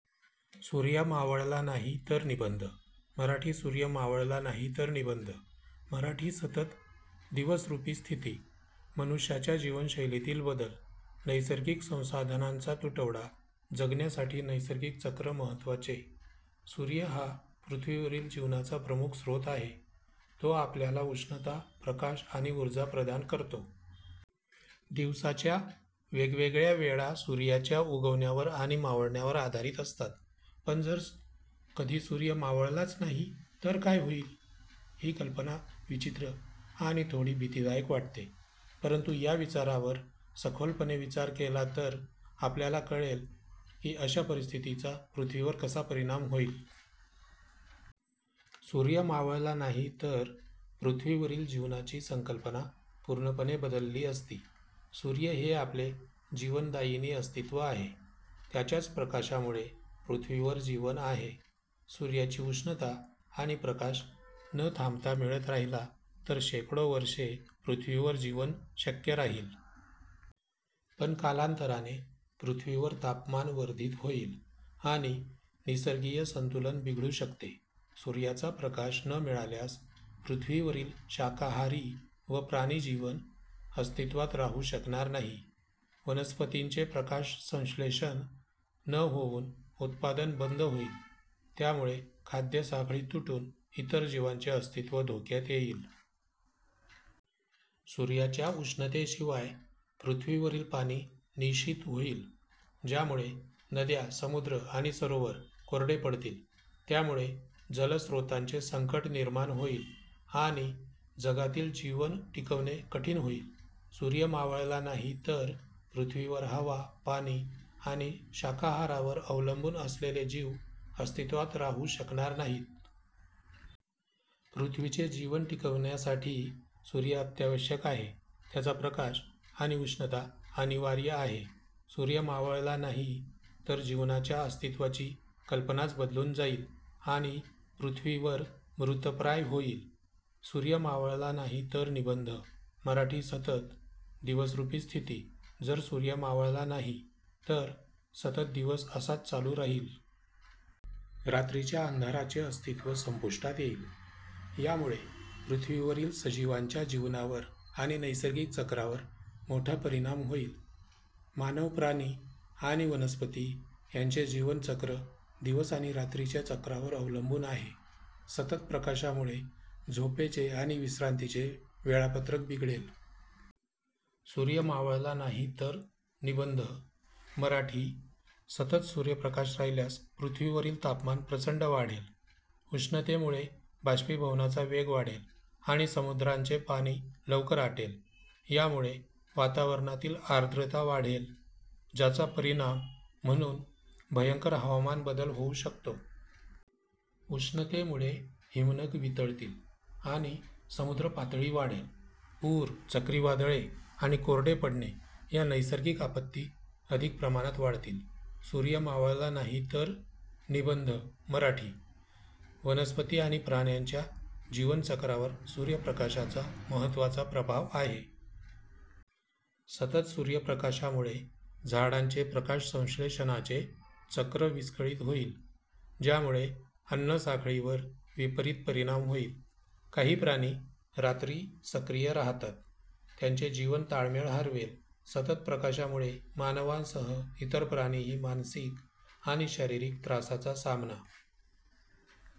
सूर्य मावळला नाही तर निबंध मराठी सूर्य मावळला नाही तर निबंध मराठी सतत दिवसरूपी स्थिती मनुष्याच्या जीवनशैलीतील बदल नैसर्गिक संसाधनांचा तुटवडा जगण्यासाठी नैसर्गिक चक्र महत्त्वाचे सूर्य हा पृथ्वीवरील जीवनाचा प्रमुख स्रोत आहे. तो आपल्याला उष्णता, प्रकाश आणि ऊर्जा प्रदान करतो. दिवसाच्या वेगवेगळ्या वेळा सूर्याच्या उगवण्यावर आणि मावळण्यावर आधारित असतात. पण जर कधी सूर्य मावळलाच नाही, तर काय होईल? ही कल्पना विचित्र आणि थोडी भीतीदायक वाटते. परंतु या विचारावर सखोलपणे विचार केला तर आपल्याला कळेल की अशा परिस्थितीचा पृथ्वीवर कसा परिणाम होईल. सूर्य मावळला नाही तर पृथ्वीवरील जीवनाची संकल्पना पूर्णपणे बदलली असती. सूर्य हे आपले जीवनदायिनी अस्तित्व आहे. त्याच्याच प्रकाशामुळे पृथ्वीवर जीवन आहे. सूर्याची उष्णता आणि प्रकाश न थांबता मिळत राहिला तर शेकडो वर्षे पृथ्वीवर जीवन शक्य राहील. पण कालांतराने पृथ्वीवर तापमान वर्धित होईल आणि निसर्गीय संतुलन बिघडू शकते. सूर्याचा प्रकाश न मिळाल्यास पृथ्वीवरील शाकाहारी व प्राणी जीवन अस्तित्वात राहू शकणार नाही. वनस्पतींचे प्रकाशसंश्लेषण न होऊन उत्पादन बंद होईल. त्यामुळे खाद्य साखळी तुटून इतर जीवांचे अस्तित्व धोक्यात येईल. सूर्याच्या उष्णतेशिवाय पृथ्वीवरील पाणी निःशीत होईल, ज्यामुळे नद्या, समुद्र आणि सरोवर कोरडे पडतील. त्यामुळे जलस्रोतांचे संकट निर्माण होईल, आणि जगातील जीवन टिकवणे कठीण होईल. सूर्य मावळला नाही तर पृथ्वीवर हवा, पाणी आणि शाकाहारावर अवलंबून असलेले जीव अस्तित्वात राहू शकणार नाहीत. पृथ्वीचे जीवन टिकवण्यासाठी सूर्य अत्यावश्यक आहे. त्याचा प्रकाश आणि उष्णता अनिवार्य आहे. सूर्य मावळला नाही तर जीवनाच्या अस्तित्वाची कल्पनाच बदलून जाईल आणि पृथ्वीवर मृतप्राय होईल. सूर्य मावळला नाही तर निबंध मराठी सतत दिवसरूपी स्थिती जर सूर्य मावळला नाही, तर सतत दिवस असाच चालू राहील. रात्रीच्या अंधाराचे अस्तित्व संपुष्टात येईल. यामुळे पृथ्वीवरील सजीवांच्या जीवनावर आणि नैसर्गिक चक्रावर मोठा परिणाम होईल. मानव, प्राणी आणि वनस्पती यांचे जीवन चक्र दिवस आणि रात्रीच्या चक्रावर अवलंबून आहे. सतत प्रकाशामुळे झोपेचे आणि विश्रांतीचे वेळापत्रक बिघडेल. सूर्य मावळला नाही तर निबंध मराठी सतत सूर्यप्रकाश राहिल्यास पृथ्वीवरील तापमान प्रचंड वाढेल. उष्णतेमुळे बाष्पीभवनाचा वेग वाढेल आणि समुद्रांचे पाणी लवकर आटेल. यामुळे वातावरणातील आर्द्रता वाढेल, ज्याचा परिणाम म्हणून भयंकर हवामान बदल होऊ शकतो. उष्णतेमुळे हिमनग वितळतील आणि समुद्र पातळी वाढेल. पूर, चक्रीवादळे आणि कोरडे पडणे या नैसर्गिक आपत्ती अधिक प्रमाणात वाढतील. सूर्य मावळला नाही तर निबंध मराठी वनस्पती आणि प्राण्यांच्या जीवन चक्रावर सूर्यप्रकाशाचा महत्त्वाचा प्रभाव आहे. सतत सूर्यप्रकाशामुळे झाडांचे प्रकाशसंश्लेषणाचे चक्र विस्कळीत होईल, ज्यामुळे अन्नसाखळीवर विपरीत परिणाम होईल. काही प्राणी रात्री सक्रिय राहतात, त्यांचे जीवन ताळमेळ हरवेल. सतत प्रकाशामुळे मानवांसह इतर प्राणीही मानसिक आणि शारीरिक त्रासाचा सामना